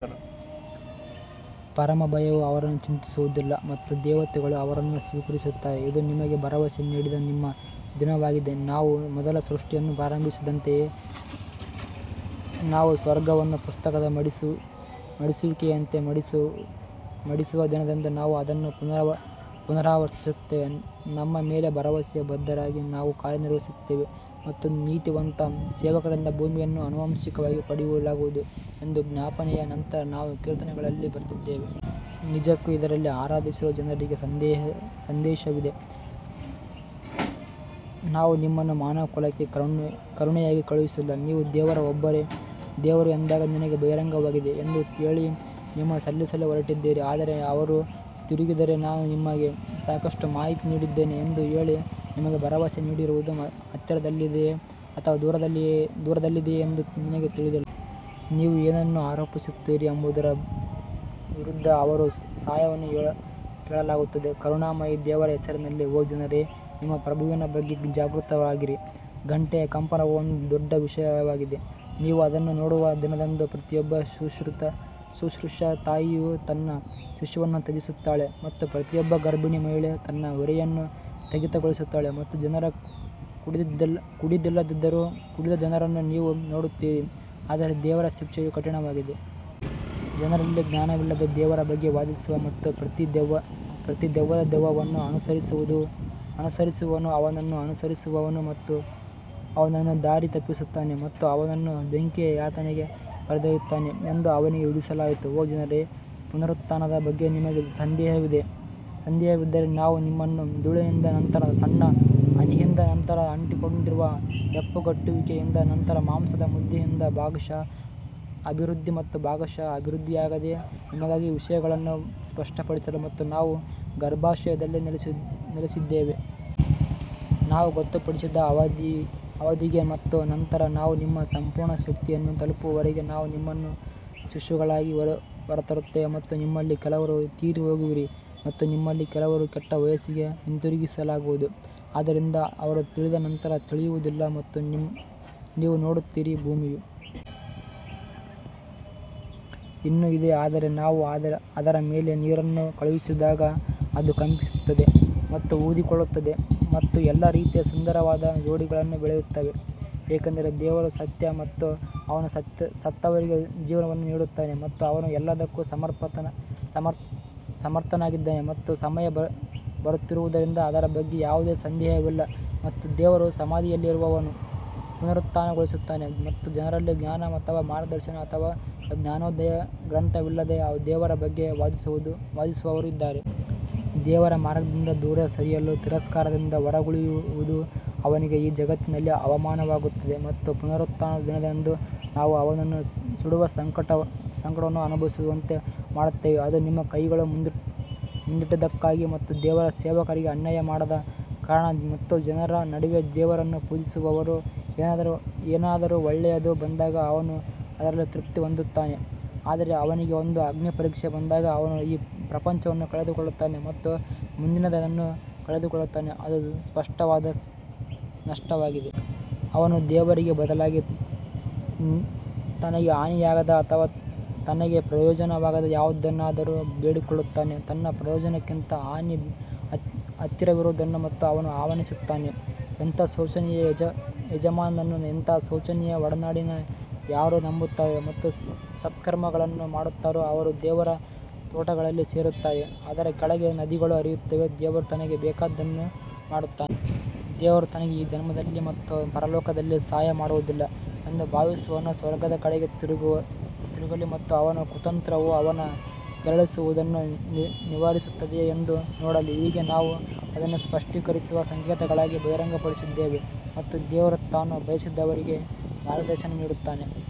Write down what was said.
ಪರಮ ಭಯವು ಅವರನ್ನು ಚಿಂತಿಸುವುದಿಲ್ಲ ಮತ್ತು ದೇವತೆಗಳು ಅವರನ್ನು ಸ್ವೀಕರಿಸುತ್ತಾರೆ ಇದು ನಿಮಗೆ ಭರವಸೆ ನೀಡಿದ ನಿಮ್ಮ ದಿನವಾಗಿದೆ ನಾವು ಮೊದಲ ಸೃಷ್ಟಿಯನ್ನು ಪ್ರಾರಂಭಿಸಿದಂತೆಯೇ ನಾವು ಸ್ವರ್ಗವನ್ನು ಪುಸ್ತಕದ ಮಡಿಸುವಿಕೆಯಂತೆ ಮಡಿಸುವ ದಿನದಂದು ನಾವು ಅದನ್ನು ಪುನರಾವರ್ತಿಸುತ್ತೇವೆ ನಮ್ಮ ಮೇಲೆ ಭರವಸೆಯ ಬದ್ಧರಾಗಿ ನಾವು ಕಾರ್ಯನಿರ್ವಹಿಸುತ್ತೇವೆ ನನ್ನ ನೀತಿವಂತ ಸೇವಕರಿಂದ ಭೂಮಿಯನ್ನು ಆನುವಂಶಿಕವಾಗಿ ಪಡೆಯಲಾಗುವುದು ಎಂದು ಜ್ಞಾಪನೆಯ ನಂತರ ನಾವು ಕೀರ್ತನೆಗಳಲ್ಲಿ ಬರೆದಿದ್ದೇವೆ. ನಿಜಕ್ಕೂ ಇದರಲ್ಲಿ ಆರಾಧಿಸುವ ಜನರಿಗೆ ಸಂದೇಶವಿದೆ ನಾವು ನಿಮ್ಮನ್ನು ಮಾನವಕುಲಕ್ಕೆ ಕರುಣೆಯಾಗಿ ಕಳುಹಿಸಿಲ್ಲ ನಿಮ್ಮ ದೇವರು ಒಬ್ಬನೇ ದೇವರು ಎಂದು ನನಗೆ ಬಹಿರಂಗವಾಗಿದೆ ಎಂದು ಹೇಳಿ ನೀವು ಸಲ್ಲಿಸಲು ಹೊರಟಿದ್ದೀರಾ ಆದರೆ ಅವರು ತಿರುಗಿದರೆ, ನಾನು ನಿಮಗೆ ಸಾಕಷ್ಟು ಮಾಹಿತಿ ನೀಡಿದ್ದೇನೆ ಎಂದು ಹೇಳಿ, ನಿಮಗೆ ಭರವಸೆ ನೀಡಿರುವುದು ಹತ್ತಿರದಲ್ಲಿದೆಯೇ ಅಥವಾ ದೂರದಲ್ಲಿದೆಯೇ ಎಂದು ನನಗೆ ತಿಳಿದಿಲ್ಲ. ಏನನ್ನು ಆರೋಪಿಸುತ್ತೀರಿ ಎಂಬುದರ ವಿರುದ್ಧ ಅವರ ಸಹಾಯವನ್ನು ಕೇಳಲಾಗುತ್ತದೆ ಕರುಣಾಮಯಿ ದೇವರ ಹೆಸರಿನಲ್ಲಿ ಓ ಜನರೇ ನಿಮ್ಮ ಪ್ರಭುವಿನ ಬಗ್ಗೆ ಜಾಗೃತರಾಗಿರಿ ಗಂಟೆಯ ಕಂಪನವು ಒಂದು ದೊಡ್ಡ ವಿಷಯವಾಗಿದೆ ನೀವು ಅದನ್ನು ನೋಡುವ ದಿನದಂದು ಪ್ರತಿಯೊಬ್ಬ ಶುಶ್ರೂಷಾ ತಾಯಿಯು ತನ್ನ ಶಿಶುವನ್ನು ತ್ಯಜಿಸುತ್ತಾಳೆ ಮತ್ತು ಪ್ರತಿಯೊಬ್ಬ ಗರ್ಭಿಣಿ ಮಹಿಳೆ ತನ್ನ ಹೊರೆಯನ್ನು ಸ್ಥಗಿತಗೊಳಿಸುತ್ತಾಳೆ ಮತ್ತು ಜನರು ಕುಡಿದಿಲ್ಲದಿದ್ದರೂ ಕುಡಿದ ಜನರನ್ನು ನೀವು ನೋಡುತ್ತೀರಿ ಆದರೆ ದೇವರ ಶಿಕ್ಷೆಯು ಕಠಿಣವಾಗಿದೆ. ಜನರಲ್ಲಿ ಜ್ಞಾನವಿಲ್ಲದೆ ದೇವರ ಬಗ್ಗೆ ವಾದಿಸುವ ಮತ್ತು ಪ್ರತಿ ದೆವ್ವದ ದೆವ್ವವನ್ನು ಅನುಸರಿಸುವವನು ಅವನನ್ನು ಅನುಸರಿಸುವವನು ಅವನನ್ನು ದಾರಿ ತಪ್ಪಿಸುತ್ತಾನೆ ಮತ್ತು ಅವನನ್ನು ಬೆಂಕಿಯ ಯಾತನೆಗೆ ಕರೆದೊಯ್ಯುತ್ತಾನೆ ಎಂದು ಅವನಿಗೆ ವಿಧಿಸಲಾಯಿತು. ಓ ಜನರೇ, ಪುನರುತ್ಥಾನದ ಬಗ್ಗೆ ನಿಮಗೆ ಸಂದೇಹವಿದ್ದರೆ ನಾವು ನಿಮ್ಮನ್ನು ಧೂಳಿನಿಂದ ನಂತರ ಸಣ್ಣ ಹನಿಯಿಂದ ನಂತರ ಅಂಟಿಕೊಂಡಿರುವ ಹೆಪ್ಪುಗಟ್ಟುವಿಕೆಯಿಂದ ನಂತರ ಮಾಂಸದ ಮುದ್ದೆಯಿಂದ ಭಾಗಶಃ ಅಭಿವೃದ್ಧಿ ಮತ್ತು ಭಾಗಶಃ ಅಭಿವೃದ್ಧಿಯಾಗದೆ ನಿಮಗಾಗಿ ವಿಷಯಗಳನ್ನು ಸ್ಪಷ್ಟಪಡಿಸಲು ಮತ್ತು ನಾವು ಗರ್ಭಾಶಯದಲ್ಲಿ ನೆಲೆಸಿದ್ದೇವೆ. ನಾವು ಗೊತ್ತುಪಡಿಸಿದ ಅವಧಿಗೆ ಮತ್ತು ನಂತರ ನಾವು ನಿಮ್ಮ ಸಂಪೂರ್ಣ ಶಕ್ತಿಯನ್ನು ತಲುಪುವವರೆಗೆ ನಾವು ನಿಮ್ಮನ್ನು ಶಿಶುಗಳಾಗಿ ಹೊರತರುತ್ತೇವೆ ಮತ್ತು ನಿಮ್ಮಲ್ಲಿ ಕೆಲವರು ತೀರಿಹೋಗುವಿರಿ ಮತ್ತು ನಿಮ್ಮಲ್ಲಿ ಕೆಲವರನ್ನು ಕೆಟ್ಟ ವಯಸ್ಸಿಗೆ ಹಿಂತಿರುಗಿಸಲಾಗುವುದು ಆದ್ದರಿಂದ ಅವರು ತಿಳಿದ ನಂತರ ತಿಳಿಯುವುದಿಲ್ಲ ಮತ್ತು ನೀವು ನೋಡುತ್ತೀರಿ. ಭೂಮಿಯು ಇನ್ನೂ ಇದೆ ಆದರೆ ನಾವು ಅದರ ಮೇಲೆ ನೀರನ್ನು ಕಳುಹಿಸಿದಾಗ ಅದು ಕಂಪಿಸುತ್ತದೆ ಮತ್ತು ಊದಿಕೊಳ್ಳುತ್ತದೆ ಮತ್ತು ಎಲ್ಲಾ ರೀತಿಯ ಸುಂದರವಾದ ಜೋಡಿಗಳನ್ನು ಬೆಳೆಯುತ್ತದೆ ಏಕೆಂದರೆ ದೇವರು ಸತ್ಯ ಮತ್ತು ಅವನು ಸತ್ತವರಿಗೆ ಜೀವವನ್ನು ನೀಡುತ್ತಾನೆ ಮತ್ತು ಅವನು ಎಲ್ಲದಕ್ಕೂ ಸಮರ್ಥನಾಗಿದ್ದಾನೆ ಮತ್ತು ಸಮಯ ಬರುತ್ತಿರುವುದರಿಂದ ಅದರ ಬಗ್ಗೆ ಯಾವುದೇ ಸಂದೇಹವಿಲ್ಲ ಮತ್ತು ದೇವರು ಸಮಾಧಿಯಲ್ಲಿರುವವರನ್ನು ಪುನರುತ್ಥಾನಗೊಳಿಸುತ್ತಾನೆ ಮತ್ತು ಜನರಲ್ಲಿ ಜ್ಞಾನ ಅಥವಾ ಮಾರ್ಗದರ್ಶನ ಅಥವಾ ಜ್ಞಾನೋದಯ ಗ್ರಂಥವಿಲ್ಲದೆ ದೇವರ ಬಗ್ಗೆ ವಾದಿಸುವವರು ಇದ್ದಾರೆ. ದೇವರ ಮಾರ್ಗದಿಂದ ದೂರ ಸರಿಯಲು ತಿರಸ್ಕಾರದಿಂದ ಹೊರಗುಳಿಯುವುದು ಅವನಿಗೆ ಈ ಜಗತ್ತಿನಲ್ಲಿ ಅವಮಾನವಾಗುತ್ತದೆ ಮತ್ತು ಪುನರುತ್ಥಾನದ ದಿನದಂದು ನಾವು ಅವನನ್ನು ಸುಡುವ ಸಂಕಟವನ್ನು ಅನುಭವಿಸುವಂತೆ ಮಾಡುತ್ತೇವೆ. ಅದು ನಿಮ್ಮ ಕೈಗಳು ಮುಂದಿಟ್ಟದ್ದಕ್ಕಾಗಿ ಮತ್ತು ದೇವರು ಸೇವಕರಿಗೆ ಅನ್ಯಾಯ ಮಾಡದ ಕಾರಣ ಮತ್ತು ಜನರ ನಡುವೆ ದೇವರನ್ನು ಪೂಜಿಸುವವನು ಏನಾದರೂ ಒಳ್ಳೆಯದು ಬಂದಾಗ ಅವನು ಅದರಲ್ಲಿ ತೃಪ್ತಿ ಹೊಂದುತ್ತಾನೆ ಆದರೆ ಅವನಿಗೆ ಒಂದು ಅಗ್ನಿಪರೀಕ್ಷೆ ಬಂದಾಗ ಅವನು ಈ ಪ್ರಪಂಚವನ್ನು ಕಳೆದುಕೊಳ್ಳುತ್ತಾನೆ ಮತ್ತು ಮುಂದಿನದನ್ನು ಕಳೆದುಕೊಳ್ಳುತ್ತಾನೆ ಅದು ಸ್ಪಷ್ಟವಾದ ನಷ್ಟವಾಗಿದೆ. ಅವನು ದೇವರಿಗೆ ಬದಲಾಗಿ ತನಗೆ ಹಾನಿಯಾಗದ ಅಥವಾ ತನಗೆ ಪ್ರಯೋಜನವಾಗದ ಯಾವುದನ್ನಾದರೂ ಬೇಡಿಕೊಳ್ಳುತ್ತಾನೆ ತನ್ನ ಪ್ರಯೋಜನಕ್ಕಿಂತ ಹಾನಿ ಹತ್ತಿರವಿರುವವರನ್ನು ಅವನು ಆಹ್ವಾನಿಸುತ್ತಾನೆ, ಎಂತಹ ಶೋಚನೀಯ ಯಜಮಾನನು ಎಂತಹ ಶೋಚನೀಯ ಒಡನಾಡಿ ಯಾರು ನಂಬುತ್ತಾರೋ ಮತ್ತು ಸತ್ಕರ್ಮಗಳನ್ನು ಮಾಡುತ್ತಾರೋ ಅವರನ್ನು ದೇವರು ತೋಟಗಳಲ್ಲಿ ಸೇರಿಸುತ್ತಾನೆ, ಅದರ ಕೆಳಗೆ ನದಿಗಳು ಹರಿಯುತ್ತವೆ, ದೇವರು ತನಗೆ ಬೇಕಾದುದನ್ನು ಮಾಡುತ್ತಾನೆ. ದೇವರು ತನಗೆ ಈ ಜನ್ಮದಲ್ಲಿ ಮತ್ತು ಪರಲೋಕದಲ್ಲಿ ಸಹಾಯ ಮಾಡುವುದಿಲ್ಲ ಎಂದು ಭಾವಿಸುವವನು ಸ್ವರ್ಗದ ಕಡೆಗೆ ತಿರುಗಲಿ ಮತ್ತು ಅವನ ಕುತಂತ್ರವು ಅವನನ್ನು ಕೆರಳಿಸುವದನ್ನು ನಿವಾರಿಸುತ್ತದೆಯೇ ಎಂದು ನೋಡಲಿ. ಹೀಗೆ ನಾವು ಅದನ್ನು ಸ್ಪಷ್ಟೀಕರಿಸುವ ಸಂಕೇತಗಳಾಗಿ ಬಹಿರಂಗಪಡಿಸಿದ್ದೇವೆ ಮತ್ತು ದೇವರು ತಾನು ಬಯಸಿದವರಿಗೆ ಮಾರ್ಗದರ್ಶನ ನೀಡುತ್ತಾನೆ.